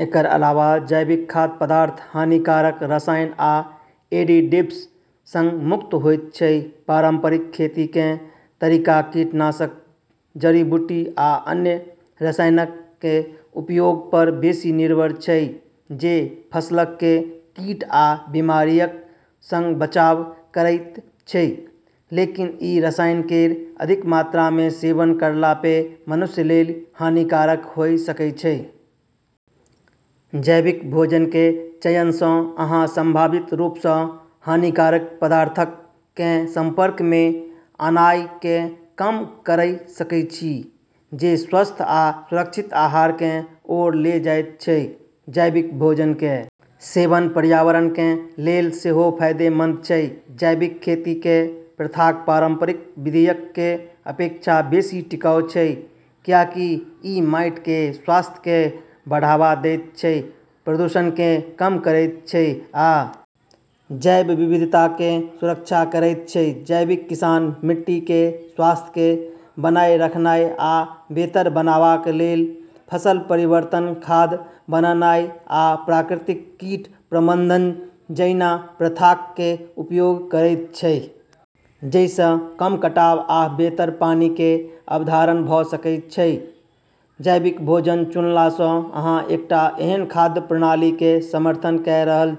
एकर अलावा जैविक खाद्य पदार्थ हानिकारक रसायन आ एडिटिव्स सं मुक्त होयत छै, पारंपरिक खेती कें तरीका कीटनाशक, जड़ी-बूटी आ अन्य रसायनक कें उपयोग पर बेसि निर्भर छै जे फसलक कें कीट आ बीमारियक सं बचाव करएयत छै, लेकिन ई रसायन केरऽ अधिक मात्रा मे सेवन करला पे मनुष्य लेली हानिकारक होय सकै छै। जैविक भोजन कें चयन सं, अहां संभावित रूप सं हानिकारक पदार्थक कें संपर्क मे आनाय कें कम कयर सकय छी जे स्वस्थ आ सुरक्षित आहार कें ओर ले जायत छै, जैविक भोजन कें सेवन पर्यावरण कें लेल सेहो फायदेमंद छै, जैविक खेती कें प्रथाक पारंपरिक विधियक कें अपेक्षा बेसि टिकाऊ छै, कियाकि इ माइट कें स्वास्थ्य कें बढ़ावा देयत छै, प्रदूषण कें कम करयत छै आ जैव विविधता कें सुरक्षा करयत छै, जैविक किसान मिट्टी कें स्वास्थ्य कें बनाए रखनाय आ बेहतर बनावा कें लेल फसल परिवर्तन, खाद बनानाय आ प्राकृतिक कीट प्रबंधन जैना प्रथाक कें उपयोग करएयत छै जइ सं कम कटाव आ बेहतर पानी कें अवधारण भ सकएय छै, जैविक भोजन चुनला सं अहां एकटा एहन खाद्य प्रणाली कें समर्थन कयर रहल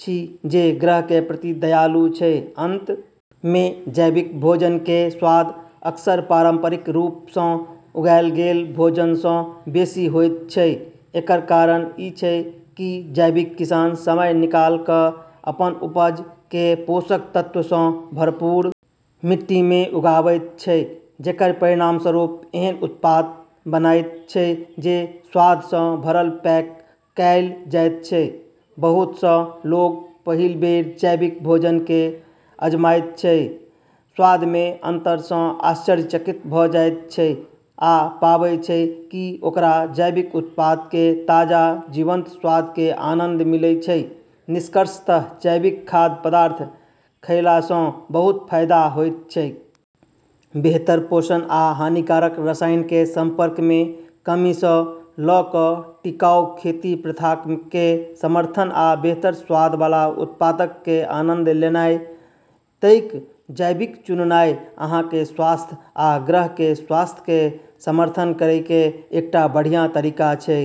छी जे ग्रह कें प्रति दयालु छै, अंत मे जैविक भोजन कें स्वाद अक्सर पारंपरिक रूप सं उगाएल गेल भोजन सं बेसि होयत छै, एकर कारण इ छै की जैविक किसान समय निकाल क अपन उपज कें पोषक तत्व सं भरपूर मिट्टी मे उगाबैत छै जेकर परिणामस्वरूप एहन उत्पाद बनएयत छै जे स्वाद सं भरल पैक कैल जायत छै, बहुत सं लोग जे पहिल बेर जैविक भोजन कें आजमाबैत छै, स्वाद मे अंतर सं आश्चर्यचकित भ जायत छै आ पाबै छै कि ओकरा जैविक उत्पाद कें ताजा, जीवंत स्वाद कें आनंद मिलै छै, निष्कर्षतः जैविक खाद्य पदार्थ खयला सँ बहुत फायदा होइत छैक। बेहतर पोषण आ हानिकारक रसायन कें संपर्क मे कमी सं ल क टिकाऊ खेती प्रथाक कें समर्थन आ बेहतर स्वाद वाला उत्पादक कें आनंद लेनाय तइक, जैविक चुननाय अहां कें स्वास्थ्य आ ग्रह कें स्वास्थ्य कें समर्थन करय कें एकटा बढ़िया तरीका छै।